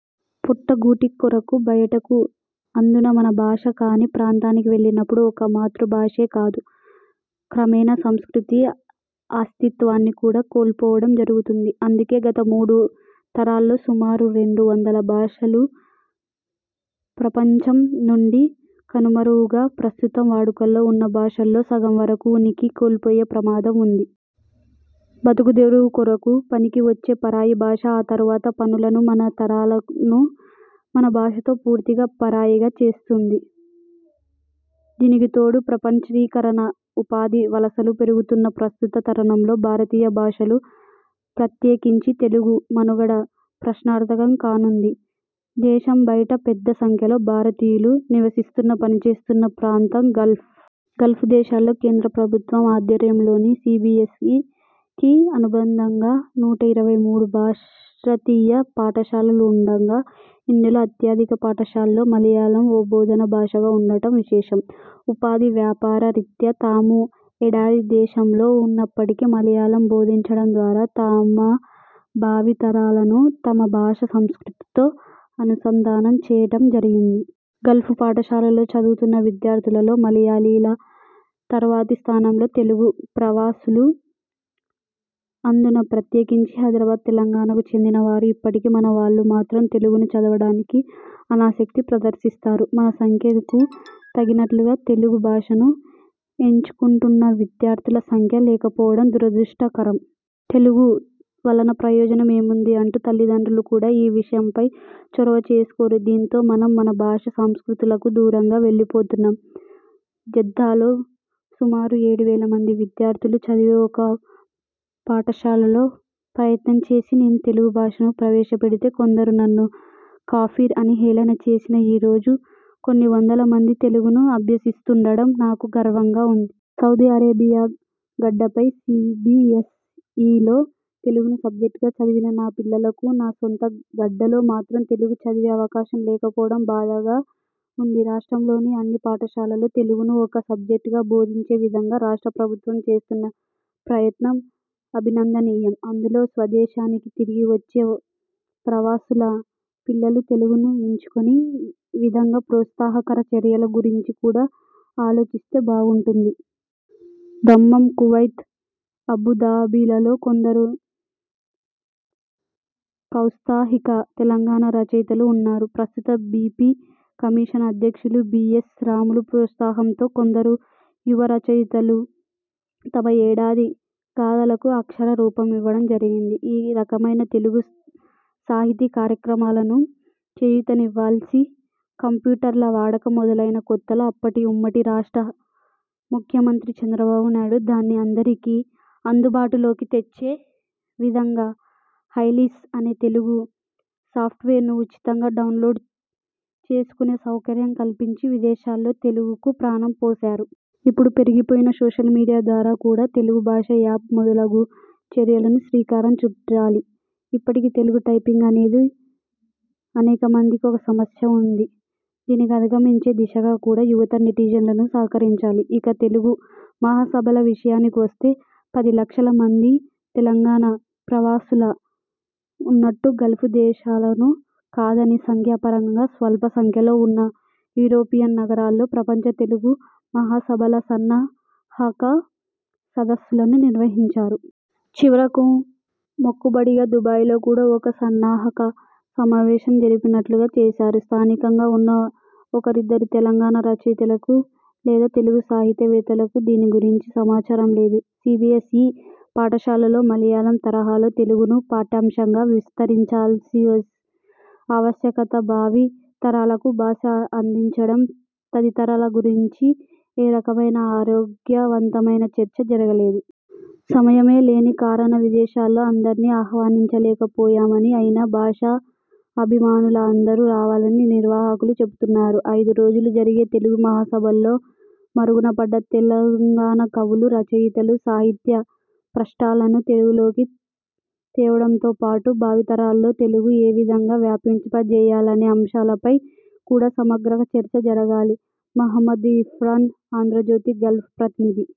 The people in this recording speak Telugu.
పొట్ట కూటి కొరకు బయటకు అందునా మన భాష కాని ప్రాంతానికి వెళ్ళినప్పుడు ఒక్క మాతృభాషే కాదు క్రమేణా సంస్కృతి, అస్తిత్వాన్ని కూడా కోల్పోవడం జరుగుతుంది. అందుకే గత మూడు తరాల్లో సుమారు రెండు వందల భాషలు ప్రపంచం నుండి కనుమరుగవగా ప్రస్తుతం వాడుకలో ఉన్న భాషల్లో సగం వరకు ఉనికి కోల్పోయే ప్రమాదం ఉంది. బతుకుదెరువు కొరకు పనికివచ్చే పరాయి భాష ఆ తర్వాత మనలను మన తరాలను మన భాషతో పూర్తిగా పరాయిగా చేస్తుంది. దీనికితోడు ప్రపంచీకరణ, ఉపాధి వలసలు పెరిగిపోతున్న ప్రస్తుత తరుణంలో ప్రాంతీయ భాషలు, ప్రత్యేకించి తెలుగు మనుగడ ప్రశ్నార్థకం కానుంది. దేశంబైట పెద్ద సంఖ్యలో భారతీయులు నివసిస్తున్న, పనిచేస్తున్న ప్రాంతం గల్ఫ్. గల్ఫ్ దేశాలలో కేంద్ర ప్రభుత్వ ఆధ్వర్యంలోని సీబీయస్ఈకి అనుబంధంగా నూట ఇరవై మూడు భారతీయ పాఠశాలలు ఉండగా ఇందులో అత్యధిక పాఠశాలల్లో మలయాళం ఒక బోధన భాషగా ఉండడం విశేషం. ఉపాధి, వ్యాపార రీత్యా తాము ఎడారి దేశంలో ఉన్నప్పటికీ మలయాళం బోధించడం ద్వారా తమ భావి తరాలను తమ భాష, సంస్కృతితో అనుసంధానం చేయడం జరిగింది. గల్ఫ్ పాఠశాలలో చదువుతున్న విద్యార్థులలో మలయాళీల తర్వాతి స్థానంలో తెలుగు ప్రవా సులు, అందునా ప్రత్యేకించి హైదరాబాద్, తెలంగాణకు చెందిన వారు ఇప్పటికీ మన వాళ్ళు మాత్రం తెలుగును చదవడానికి అనాసక్తి ప్రదర్శిస్తారు. మన సంఖ్యకు తగినట్లుగా తెలుగు భాషను ఎంచుకొంటున్న విద్యార్థుల సంఖ్య లేకపోవడం దురదృష్టకరం. తెలుగు వలన ప్రయోజనం ఏముంది అంటూ తల్లిదండ్రులు కూడా ఈ విషయమై చొరవ తీసుకోరు. దీంతో మనం మన భాష, సంస్కృతులకు దూరంగా వెళ్ళిపోతున్నాం. జెద్ధాలో సుమారు ఏడువేల మంది విద్యార్థులు చదివే ఒక పాఠశాలలో ప్రయత్నం చేసి నేను తెలుగు భాషను ప్రవేశపెడితే కొందరు నన్ను 'కాఫీర్' అని హేళన చేసినా ఈ రోజు కొన్ని వందల మంది తెలుగును అభ్యసిస్తుండం నాకు గర్వంగా ఉంది. సౌదీ అరేబియా గడ్డపై సీబీయస్ఈలో తెలుగును సబ్జెక్టుగా చదివిన నా పిల్లలకు నా సొంత గడ్డలో మాత్రం తెలుగు చదివే ఆవకాశం లేకపోవడం బాధగా ఉంది. రాష్ట్రంలోని అన్ని పాఠశాలల్లో తెలుగును ఒక సబ్జెక్టుగా బోధించే విధంగా రాష్ట్ర ప్రభుత్వం చేస్తున్న ప్రయత్నం అభినందనీయం. అందులో స్వదేశానికి తిరిగి వచ్చే ప్రవాసుల పిల్లలు తెలుగును ఎంచుకొనే విధంగా ప్రోత్సాహకర చర్యల గురించి కూడా ఆలోచిస్తే బాగుంటుంది. దమ్మాం, కువైత్, అబుధాబిలలో కొందరు ఔత్సాహిక తెలంగాణ రచయితలు ఉన్నారు. ప్రస్తుత బీసీ కమిషన్ అధ్యక్షులు బి. యస్. రాములు ప్రోత్సాహంతో కొందరు యువ రచయితలు తమ ఎడారి గాథలకు అక్షర రూపం ఇవ్వడం జరిగింది. ఈ రకమైన తెలుగు సాహితీ కార్యక్రమాలకు చేయూతనివ్వాలి. కంప్యూటర్ల వాడకం మొదలైన కొత్తలో అప్పటి ఉమ్మడి రాష్ట్ర ముఖ్యమంత్రి చంద్రబాబు నాయుడు దాన్ని అందరికీ అందుబాటులోకి తెచ్చే విధంగా ఐలీప్ అనే తెలుగు సాఫ్ట్వేర్ను ఉచితంగా డౌన్ లోడ్ చేసుకొనే సౌకర్యం కల్పించి విదేశాల్లో తెలుగుకు ప్రాణం పోసారు. ఇప్పుడు పెరిగిపోయిన సోషల్ మీడియా ద్వారా కూడా తెలుగు భాష యాప్ మొదలగు చర్యలకు శ్రీకారం చుట్టాలి. ఇప్పటికీ తెలుగు టైపింగ్ అనేక మందికి ఒక సమస్యగా ఉంది. దీన్ని అధిగమించే దిశగా కూడా యువత నెటిజన్లకు సహకరించాలి. ఇక తెలుగు మహాసభల విషయాని వస్తే, పది లక్షల మంది తెలంగాణ ప్రవాసులు ఉన్నట్టు గల్ఫ్ దేశాలను కాదని సంఖ్యాపరంగా స్వల్ప సంఖ్యలో ఉన్న యూరోపియన్ నగరాల్లో ప్రపంచ తెలుగు మహాసభల సన్నాహక సదస్సులను నిర్వహించారు. చివరకు మొక్కుబడిగా దుబాయిలో కూడ ఒక సన్నాహక సమావేశం జరిపామన్నట్లుగా చేసారు. స్థానికంగా ఉన్న ఒకరిద్దరు తెలంగాణ రచయితలకు, లేదా తెలుగు సాహితీవేత్తలకు దీని గురించి సమాచారం లేదు. సీబీయస్ఈ పాఠశాలలో మలయాళం తరహాలో తెలుగును పాఠ్యాంశంగా విస్తరించాల్సిన ఆవశ్యకత, భావి తరాలకు భాష అందించడం తదితరాల గురించి ఏ రకమైన ఆరోగ్యవంతమైన చర్చ జరుగలేదు. సమయలేమి కారణాన విదేశాల్లో అందర్నీ ఆహ్వనించలేకపోయామని, అయినా భాషాభిమానులు అందరూ రావాలని నిర్వాహకులు చెబుతున్నారు. అయిదు రోజులు జరిగే తెలుగు మహాసభల్లో మరుగునపడ్డ తెలంగాణ కవులు, రచయితలు, సాహిత్య స్రష్టలను తెలుగులోకి తేవడంతో పాటు భావితరాల్లో తెలుగును ఏ విధంగా వ్యాపింపజేయాలనే ఆంశంపై కూడా సమగ్ర చర్చ జరగాలి. మొహమ్మద్ ఇర్ఫాన్ ఆంధ్రజ్యోతి గల్ఫ్ ప్రతినిధి